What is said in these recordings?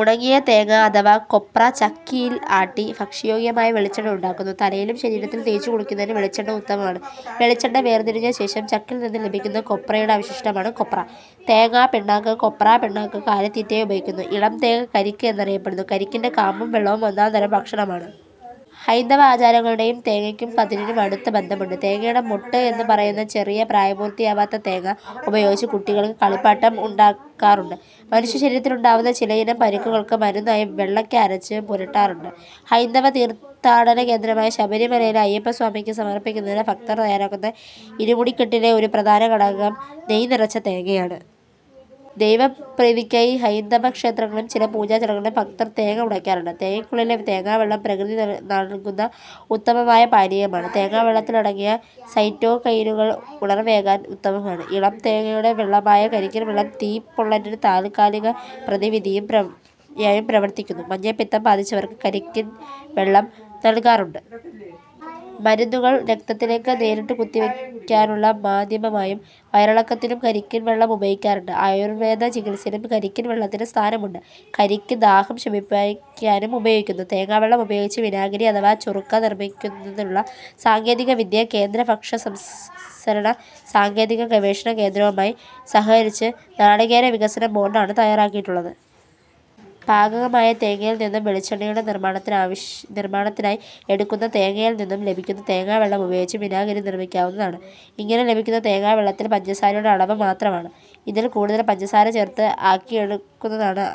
ഉണങ്ങിയ തേങ്ങ അഥവാ കൊപ്ര ചക്കിൽ ആട്ടി ഭക്ഷ്യയോഗ്യമായ വെളിച്ചെണ്ണ ഉണ്ടാക്കുന്നു. തലയിലും ശരീരത്തും തേച്ചുകുളിക്കുന്നതിന് വെളിച്ചെണ്ണ ഉത്തമമാണ്. വെളിച്ചെണ്ണ വേർതിരിഞ്ഞ ശേഷം ചക്കിൽ നിന്നും ലഭിക്കുന്ന കൊപ്രയുടെ അവശിഷ്ടമാണ് കൊപ്ര/തേങ്ങ പിണ്ണാക്ക്. കൊപ്ര പിണ്ണാക്ക് കാലിത്തീറ്റയായി ഉപയോഗിക്കുന്നു. ഇളം തേങ്ങ കരിക്ക് എന്നറിയപ്പെടുന്നു. കരിക്കിന്റെ കാമ്പും, വെള്ളവും ഒന്നാംതരം ഭക്ഷണമാണ്. ഹൈന്ദവ ആചാരങ്ങളുമായും തേങ്ങക്കും കതിരിനും അടുത്ത ബന്ധമുണ്ട്. തേങ്ങയുടെ മൊട്ട് എന്ന് പറയാവുന്ന ചെറിയ പ്രായപൂർത്തിയാവാത്ത തേങ്ങ ഉപയോഗിച്ച് കുട്ടികൾ കളിപ്പാട്ടം ഉണ്ടാക്കാറുണ്ട്. മനുഷ്യശരീരത്തിലുണ്ടാവുന്ന ചിലയിനം പരുക്കൾക്ക് മരുന്നായി വെള്ളക്ക അരച്ച് പുരട്ടാറുണ്ട്. ഹൈന്ദവ തീർഥാടന കേന്ദ്രമായ ശബരിമലയിലെ അയ്യപ്പസ്വാമിക്ക് സമർപ്പിക്കുന്നതിന് ഭക്തർ തയ്യാറാക്കുന്ന ഇരുമുടിക്കെട്ടിലെ ഒരു പ്രധാനഘടകം നെയ്യ് നിറച്ച തേങ്ങയാണ്. ദൈവ പ്രീതിക്കായി ഹൈന്ദവ ക്ഷേത്രങ്ങളിലും, ചില പൂജാ ചടങ്ങുകളിലും ഭക്തർ തേങ്ങ ഉടക്കാറുണ്ട്. തേങ്ങക്കുള്ളിലെ തേങ്ങാവെള്ളം പ്രകൃതി നൾകുന്ന ഉത്തമമായ പാനീയമാണ്. തേങ്ങാവെള്ളത്തിൽ അടങ്ങിയ സൈറ്റോകൈനുകൾ ഉണർവ്വേകാൻ ഉത്തമമാണ്. ഇളം തേങ്ങയുടെ വെള്ളമായ കരിക്കിൻവെള്ളം തീ പൊള്ളലിനു താത്കാലിക പ്രതിവിധിയായും പ്രവർത്തിക്കുന്നു. മഞ്ഞപ്പിത്തം ബാധിച്ചവർക്ക് കരിക്കിൻ വെള്ളം നൽകാറുണ്ട്. മരുന്നുകൾ രക്തത്തിലേക്കു നേരിട്ടുകുത്തിവെക്കാനുള്ള മാദ്ധ്യമമായും, വയറിളക്കത്തിനും കരിക്കിൻവെള്ളം ഉപയോഗിക്കാറുണ്ട്. ആയുർവേദ ചികിത്സയിലും കരിക്കിൻ വെള്ളത്തിന് സ്ഥാനമുണ്ട്. കരിക്ക് ദാഹം ശമിപ്പിക്കാനും ഉപയോഗിക്കുന്നു. തേങ്ങാവെള്ളം ഉപയോഗിച്ച് വിനാഗിരി അഥവാ ചൊറുക്ക നിർമ്മിക്കുന്നതിനുള്ള സാങ്കേതികവിദ്യ കേന്ദ്ര ഭക്ഷ്യസംസ്കരണ സാങ്കേതിക ഗവേഷണ കേന്ദ്രവുമായി സഹകരിച്ച് നാളികേര വികസന ബോർഡാണ് തായ്യാറാക്കിയിട്ടുള്ളത്. പാകമായ തേങ്ങയിൽ നിന്നും വെളിച്ചെണ്ണയുടെ നിർമ്മാണത്തിനായി എടുക്കുന്ന തേങ്ങയിൽ നിന്നും ലഭിക്കുന്ന തേങ്ങാവെള്ളം ഉപയോഗിച്ചും വിനാഗിരി നിർമ്മിക്കാവുന്നതാണ്. ഇങ്ങനെ ലഭിക്കുന്ന തേങ്ങാ വെള്ളത്തിൽ പഞ്ചസാരയുടെ അളവ് മാത്രമാണ്. ഇതിൽ കൂടുതൽ പഞ്ചസാര ചേർത്ത് ആക്കിയെടുക്കുന്നതാണ്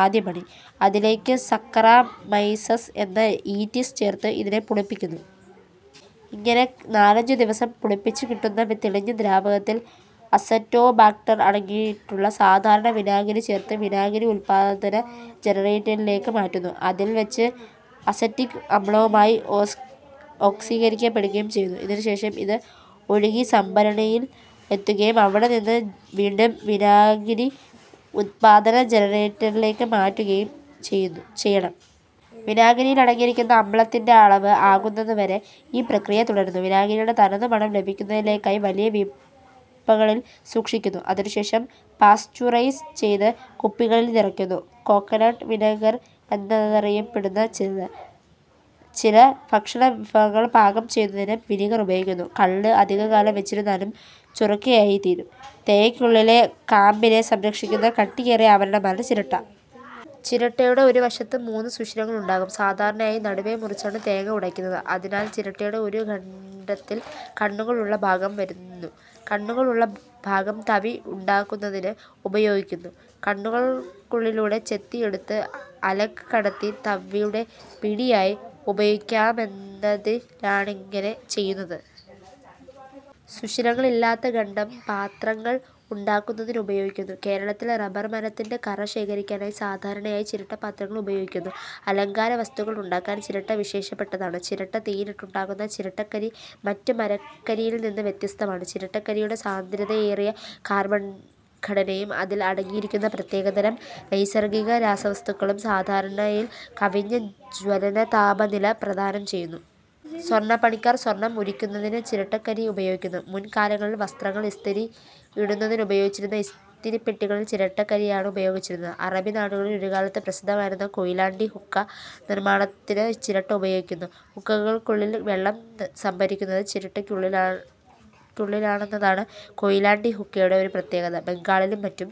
ആദ്യ പണി. അതിലേയ്ക്ക് സക്കറാ മൈസസ് എന്ന യീസ്റ്റ് ചേർത്ത് ഇതിനെ പുളിപ്പിക്കുന്നു. ഇങ്ങനെ നാലഞ്ചു ദിവസം പുളിപ്പിച്ച് കിട്ടുന്ന തെളിഞ്ഞ ദ്രാവകത്തിൽ അസറ്റോബാക്ടർ അടങ്ങിയിട്ടുള്ള സാധാരണ വിനാഗിരി ചേർത്ത് വിനാഗിരി ഉത്പാദന ജനറേറ്ററിലേയ്ക്ക് മാറ്റുന്നു. അതിൽ വച്ച് അസറ്റിക് അമ്ലവുമായി ഓക്സീകരിക്കപ്പെടുകയും ചെയ്യുന്നു. അതിനുശേഷം ഇത് ഒഴുകി സംഭരണിയിൽ എത്തുകയും അവിടെനിന്നും വീണ്ടും വിനാഗിരി ഉത്പാദക ജനറേറ്ററിലേയ്ക്ക് മാറ്റുകയും ചെയ്യണം. വിനാഗിരിയിൽ അടങ്ങിയിരിക്കുന്ന അമ്ലത്തിന്റെ അളവ് ആകുന്നതുവരെ ഈ പ്രക്രിയ തുടരുന്നു. വിനാഗിരിയുടെ തനതു മണം ലഭിക്കുന്നതിലേയ്ക്കായി വലിയ വീപ്പകളിൽ സൂക്ഷിക്കുന്നു. അതിനുശേഷം പാസ്ചുറൈസ് ചെയ്ത് കുപ്പികളിൽ നിറയ്ക്കുന്നു. കോക്കനട്ട് വിനിഗർഎന്നാണിതറിയപ്പെടുന്നത്. ചില ഭക്ഷണവിഭവങ്ങൾ പാകം ചെയ്യുന്നതിന് വിനിഗർ ഉപയോഗിക്കുന്നു. കള്ള് അധികകാലം വച്ചിരുന്നാലും ചൊറുക്കയായിത്തീരും തേങ്ങക്കുള്ളിലെ കാമ്പിനെ സംരക്ഷിക്കുന്ന കട്ടിയേറിയ ആവരണമാണ് ചിരട്ട. ചിരട്ടയുടെ ഒരു വശത്ത് മൂന്ന് സുഷിരങ്ങൾ ഉണ്ടാവും. സാധാരണയായി നടുവെ മുറിച്ചാണ് തേങ്ങ ഉടക്കുന്നത്. അതിനാൽ ചിരട്ടയുടെ ഒരു ഖണ്ഡത്തിൽ കണ്ണുകൾ ഉള്ള ഭാഗം വരുന്നു. കണ്ണുകൾ ഉള്ള ഭാഗം തവി ഉണ്ടാക്കുന്നതിന് ഉപയോഗിക്കുന്നു. കണ്ണുകൾക്കുള്ളിലൂടെ ചെത്തിയെടുത്ത അലക് കടത്തി തവിയുടെ പിടിയായി ഉപയോഗിക്കാമെന്നതിലാണിങ്ങനെ ചെയ്യുന്നത്. സുഷിരങ്ങൾ ഇല്ലാത്ത ഖണ്ഡം പാത്രങ്ങൾ ഉണ്ടാക്കുന്നതിനുപയോഗിക്കുന്നു. കേരളത്തിൽ റബ്ബർ മരത്തിന്റെ കറ ശേഖരിക്കാൻ സാധാരണയായി ചിരട്ടപ്പാത്രങ്ങൾ ഉപയോഗിക്കുന്നു. അലങ്കാരവസ്തുക്കൾ ഉണ്ടാക്കാൻ ചിരട്ട വിശേഷപ്പെട്ടതാണ്. ചിരട്ട തീയിലിട്ട് ഉണ്ടാക്കുന്ന ചിരട്ടക്കരി മറ്റ് മരക്കരിയിൽ നിന്ന് വ്യത്യസ്തമാണ്. ചിരട്ടക്കരിയുടെ സാന്ദ്രതയേറിയ കാർബൺഘടനയും അതിൽ അടങ്ങിയിട്ടുള്ള പ്രത്യേകതരം നൈസർഗ്ഗികരാസവസ്തുക്കളും സാധാരണയിൽ കവിഞ്ഞ ജ്വലനതാപനില പ്രദാനം ചെയ്യുന്നു. സ്വർണ്ണപ്പണിക്കാർ സ്വർണ്ണം ഉരുക്കുന്നതിന് ചിരട്ടക്കരി ഉപയോഗിക്കുന്നു. മുൻ കാലങ്ങളിൽ വസ്ത്രങ്ങൾ ഇസ്തിരി ഇടുന്നതിനുപയോഗിച്ചിരുന്ന ഇസ്തിരിപ്പെട്ടികളിൽ ചിരട്ടക്കരിയാണുപയോഗിച്ചിരുന്നത്. അറബി നാടുകളിൽ ഒരുകാലത്ത് പ്രസിദ്ധമായിരുന്ന കൊയിലാണ്ടി ഹുക്ക നിർമ്മാണത്തിന് ചിരട്ട ഉപയോഗിക്കുന്നു. ഹുക്കക്കുള്ളിൽ വെള്ളം സംഭരിക്കുന്നത് ചിരട്ടക്കുള്ളിലാണെന്നതാണ് കൊയിലാണ്ടി ഹുക്കയുടെ ഒരു പ്രത്യേകത. ബംഗാളിലും മറ്റും